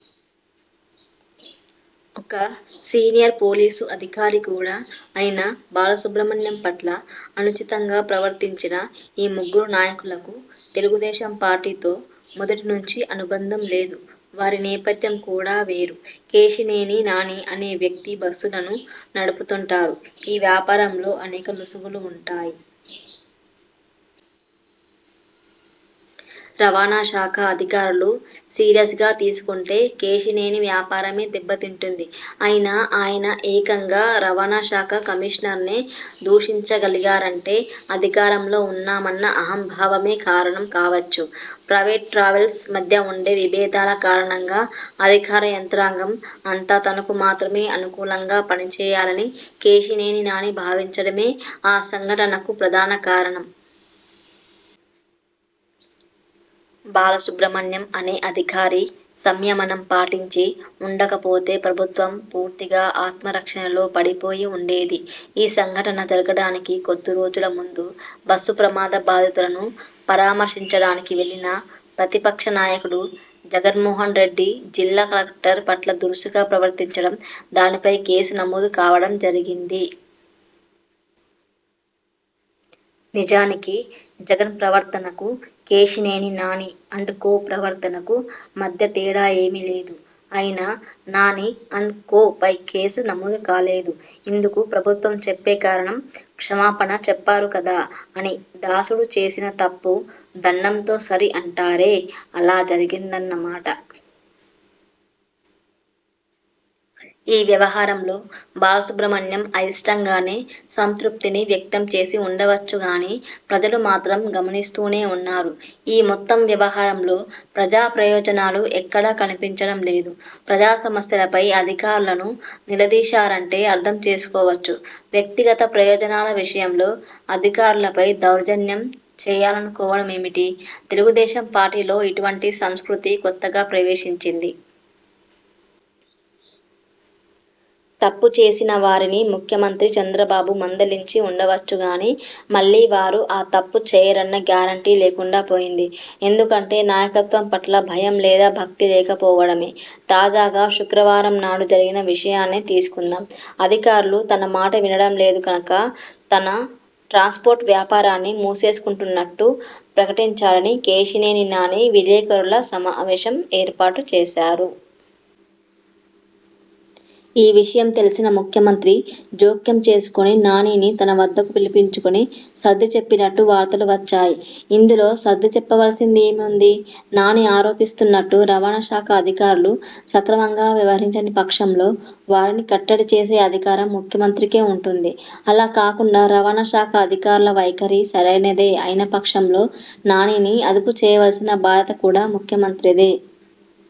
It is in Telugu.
ఒక సీనియర్ పోలీసు అధికారి కూడా అయిన బాలసుబ్రహ్మణ్యం పట్ల అనుచితంగా ప్రవర్తించిన ఈ ముగ్గురు నాయకులకు తెలుగుదేశం పార్టీతో మొదటి నుంచి అనుబంధం లేదు. వారి నేపథ్యం కూడా వేరు! కేశినేని నాని అనే వ్యక్తి బస్సులను నడుపుతుంటారు. ఈ వ్యాపారంలో అనేక లొసుగులు ఉంటాయి. రవాణా శాఖ అధికారులు సీరియస్గా తీసుకుంటే కేశినేని వ్యాపారమే దెబ్బతింటుంది. అయినా, ఆయన ఏకంగా రవాణాశాఖ కమిషనర్నే దూషించగలిగారంటే, అధికారంలో ఉన్నామన్న అహంభావమే కారణం కావచ్చు. ప్రైవేటు ట్రావెల్స్ మధ్య ఉండే విభేదాల కారణంగా అధికార యంత్రాంగం అంతా తనకు మాత్రమే అనుకూలంగా పనిచేయాలని కేశినేని నాని భావించడమే ఆ సంఘటనకు ప్రధాన కారణం. బాలసుబ్రహ్మణ్యం అనే అధికారి సంయమనం పాటించి ఉండకపోతే ప్రభుత్వం పూర్తిగా ఆత్మరక్షణలో పడిపోయి ఉండేది. ఈ సంఘటన జరగడానికి కొద్దిరోజుల ముందు బస్సు ప్రమాద బాధితులను పరామర్శించడానికి వెళ్లిన ప్రతిపక్ష నాయకుడు జగన్మోహన్ రెడ్డి జిల్లా కలెక్టర్ పట్ల దురుసుగా ప్రవర్తించడం, దానిపై కేసు నమోదు కావడం జరిగింది. నిజానికి జగన్ ప్రవర్తనకు, కేశినేని నాని అండ్ కో ప్రవర్తనకు మధ్య తేడా ఏమీ లేదు. అయినా నాని అండ్ కోపై కేసు నమోదు కాలేదు. ఇందుకు ప్రభుత్వం చెప్పే కారణం 'క్షమాపణ చెప్పారు కదా! ' అని! దాసుడు చేసిన తప్పు దండంతో సరి అంటారే, అలా జరిగిందన్నమాట! ఈ వ్యవహారంలో బాలసుబ్రహ్మణ్యం అయిష్టంగానే సంతృప్తిని వ్యక్తంచేసి ఉండవచ్చుగానీ ప్రజలు మాత్రం గమనిస్తూనే ఉన్నారు. ఈ మొత్తం వ్యవహారంలో ప్రజాప్రయోజనాలు ఎక్కడా కనిపించడం లేదు. ప్రజాసమస్యలపై అధికారులను నిలదీశారంటే అర్థంచేసుకోవచ్చు. వ్యక్తిగత ప్రయోజనాల విషయంలో అధికారులపై దౌర్జన్యం చేయాలనుకోవడం ఏమిటి? తెలుగుదేశం పార్టీలో ఇటువంటి సంస్కృతి కొత్తగా ప్రవేశించింది. తప్పు చేసిన వారిని ముఖ్యమంత్రి చంద్రబాబు మందలించి ఉండవచ్చుగానీ మళ్లీ వారు ఆ తప్పు చేయరన్న గ్యారంటీ లేకుండా పోయింది. ఎందుకంటే నాయకత్వం పట్ల భయం లేదా భక్తి లేకపోవడమే! తాజాగా శుక్రవారం నాడు జరిగిన విషయాన్నే తీసుకుందాం. అధికారులు తన మాట వినడం లేదు కనుక తన ట్రాన్స్పోర్ట్ వ్యాపారాన్ని మూసేసుకుంటున్నట్టు ప్రకటించాలని కేశినేని నాని విలేకరుల సమావేశం ఏర్పాటు చేశారు. ఈ విషయం తెలిసిన ముఖ్యమంత్రి జోక్యం చేసుకుని నానిని తన వద్దకు పిలిపించుకుని సర్దిచెప్పినట్టు వార్తలు వచ్చాయి. ఇందులో సర్దిచెప్పవలసింది ఏమి ఉంది? నాని ఆరోపిస్తున్నట్టు రవాణా శాఖ అధికారులు సక్రమంగా వ్యవహరించని పక్షంలో వారిని కట్టడిచేసే అధికారం ముఖ్యమంత్రికే ఉంటుంది. అలా కాకుండా రవాణా శాఖ అధికారుల వైఖరి సరైనదే అయిన పక్షంలో నానిని అదుపు చేయవలసిన బాధ్యత కూడా ముఖ్యమంత్రిదే!